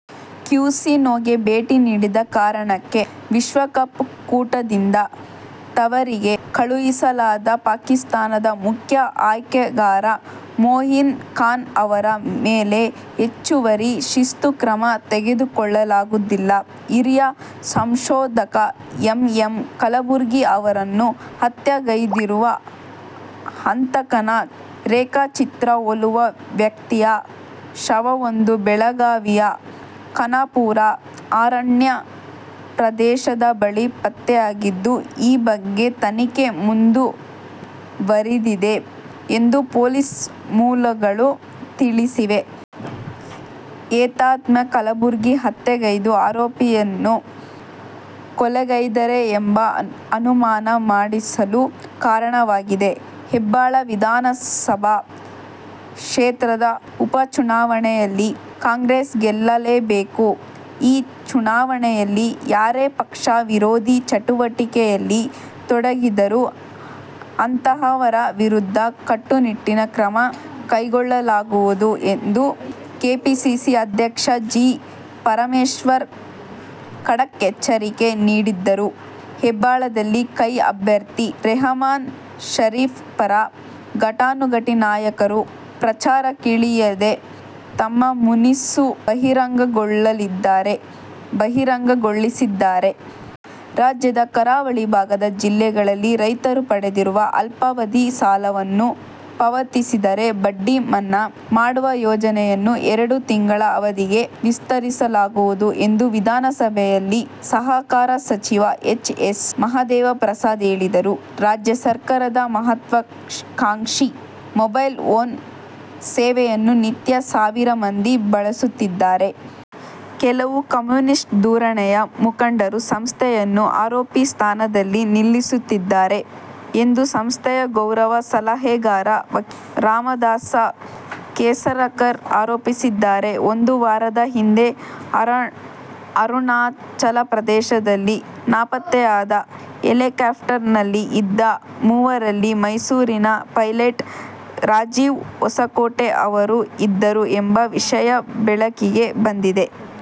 ಕ್ಯಾಸಿನೋಗೆ ಭೇಟಿ ನೀಡಿದ ಕಾರಣಕ್ಕೆ ವಿಶ್ವ ಕಪ್ ಕೂಟದಿಂದ ತವರಿಗೆ ಕಳುಹಿಸಲಾದ ಪಾಕಿಸ್ಥಾನದ ಮುಖ್ಯ ಆಯ್ಕೆಗಾರ ಮೊಯಿನ್ ಖಾನ್ ಅವರ ಮೇಲೆ ಹೆಚ್ಚುವರಿ ಶಿಸ್ತು ಕ್ರಮ ತೆಗೆದುಕೊಳ್ಳಲಾಗುವುದಿಲ್ಲ. ಹಿರಿಯ ಸಂಶೋಧಕ ಎಂಎಂ ಕಲಬುರ್ಗಿ ಅವರನ್ನು ಹತ್ಯೆಗೈದಿರುವ ಹಂತಕನ ರೇಖಾಚಿತ್ರ ಹೋಲುವ ವ್ಯಕ್ತಿಯ ಶವವೊಂದು ಬೆಳಗಾವಿಯ ಖಾನಾಪುರ ಅರಣ್ಯ ಪ್ರದೇಶದ ಬಳಿ ಪತ್ತೆಯಾಗಿದ್ದು, ಈ ಬಗ್ಗೆ ತನಿಖೆ ಮುಂದುವರಿದಿದೆ ಎಂದು ಪೊಲೀಸ್ ಮೂಲಗಳು ತಿಳಿಸಿವೆ. ಏತನ್ಮಧ್ಯೆ ಕಲಬುರ್ಗಿ ಹತ್ಯೆಗೈದ ಆರೋಪಿಯನ್ನು ಕೊಲೆಗೈದರೇ ಎಂಬ ಅನುಮಾನ ಮೂಡಿಸಲು ಕಾರಣವಾಗಿದೆ. ಹೆಬ್ಬಾಳ ವಿಧಾನಸಭಾ ಕ್ಷೇತ್ರದ ಉಪಚುನಾವಣೆಯಲ್ಲಿ ಕಾಂಗ್ರೆಸ್ ಗೆಲ್ಲಲೇಬೇಕು. ಈ ಚುನಾವಣೆಯಲ್ಲಿ ಯಾರೇ ಪಕ್ಷ ವಿರೋಧಿ ಚಟುವಟಿಕೆಯಲ್ಲಿ ತೊಡಗಿದರೂ ಅಂತಹವರ ವಿರುದ್ಧ ಕಟ್ಟುನಿಟ್ಟಿನ ಕ್ರಮ ಕೈಗೊಳ್ಳಲಾಗುವುದು ಎಂದು ಕೆಪಿಸಿಸಿ ಅಧ್ಯಕ್ಷ ಜಿ. ಪರಮೇಶ್ವರ್ ಖಡಕ್ ಎಚ್ಚರಿಕೆ ನೀಡಿದ್ದರೂ ಹೆಬ್ಬಾಳದಲ್ಲಿ ಕೈ ಅಭ್ಯರ್ಥಿ ರೆಹಮಾನ್ ಷರೀಫ್ ಪರ ಘಟಾನುಘಟಿ ನಾಯಕರು ಪ್ರಚಾರಕ್ಕಿಳಿಯದೆ ತಮ್ಮ ಮುನಿಸು ಬಹಿರಂಗಗೊಳಿಸಿದ್ದಾರೆ. ರಾಜ್ಯದ ಕರಾವಳಿ ಭಾಗದ ಜಿಲ್ಲೆಗಳಲ್ಲಿ ರೈತರು ಪಡೆದಿರುವ ಅಲ್ಪಾವಧಿ ಸಾಲವನ್ನು ಪಾವತಿಸಿದರೆ ಬಡ್ಡಿ ಮನ್ನಾ ಮಾಡುವ ಯೋಜನೆಯನ್ನು ಎರಡು ತಿಂಗಳ ಅವಧಿಗೆ ವಿಸ್ತರಿಸಲಾಗುವುದು ಎಂದು ವಿಧಾನಸಭೆಯಲ್ಲಿ ಸಹಕಾರ ಸಚಿವ ಎಚ್. ಎಸ್. ಮಹದೇವಪ್ರಸಾದ್ ಹೇಳಿದರು. ರಾಜ್ಯ ಸರ್ಕಾರದ ಮಹತ್ವಾಕಾಂಕ್ಷಿ "ಮೊಬೈಲ್-ಒನ್' ಸೇವೆಯನ್ನು ನಿತ್ಯ ಸಾವಿರ ಮಂದಿ ಬಳಸುತ್ತಿದ್ದಾರೆ. ಕೆಲವು ಕಮ್ಯುನಿಸ್ಟ್ ಧೋರಣೆಯ ಮುಖಂಡರು ಸಂಸ್ಥೆಯನ್ನು ಆರೋಪಿ ಸ್ಥಾನದಲ್ಲಿ ನಿಲ್ಲಿಸುತ್ತಿದ್ದಾರೆ ಎಂದು ಸಂಸ್ಥೆಯ ಗೌರವ ಸಲಹೆಗಾರ, ವಕೀಲ ರಾಮದಾಸ ಕೇಸರಕರ್ ಆರೋಪಿಸಿದ್ದಾರೆ. ಒಂದು ವಾರದ ಹಿಂದೆ ಅರುಣಾಚಲ ಪ್ರದೇಶದಲ್ಲಿ ನಾಪತ್ತೆಯಾದ ಹೆಲಿಕಾಪ್ಟರ್ನಲ್ಲಿ ಇದ್ದ ಮೂವರಲ್ಲಿ ಮೈಸೂರಿನ ಪೈಲಟ್ ರಾಜೀವ್ ಹೊಸಕೋಟೆ ಅವರೂ ಇದ್ದರು ಎಂಬ ವಿಷಯ ಬೆಳಕಿಗೆ ಬಂದಿದೆ.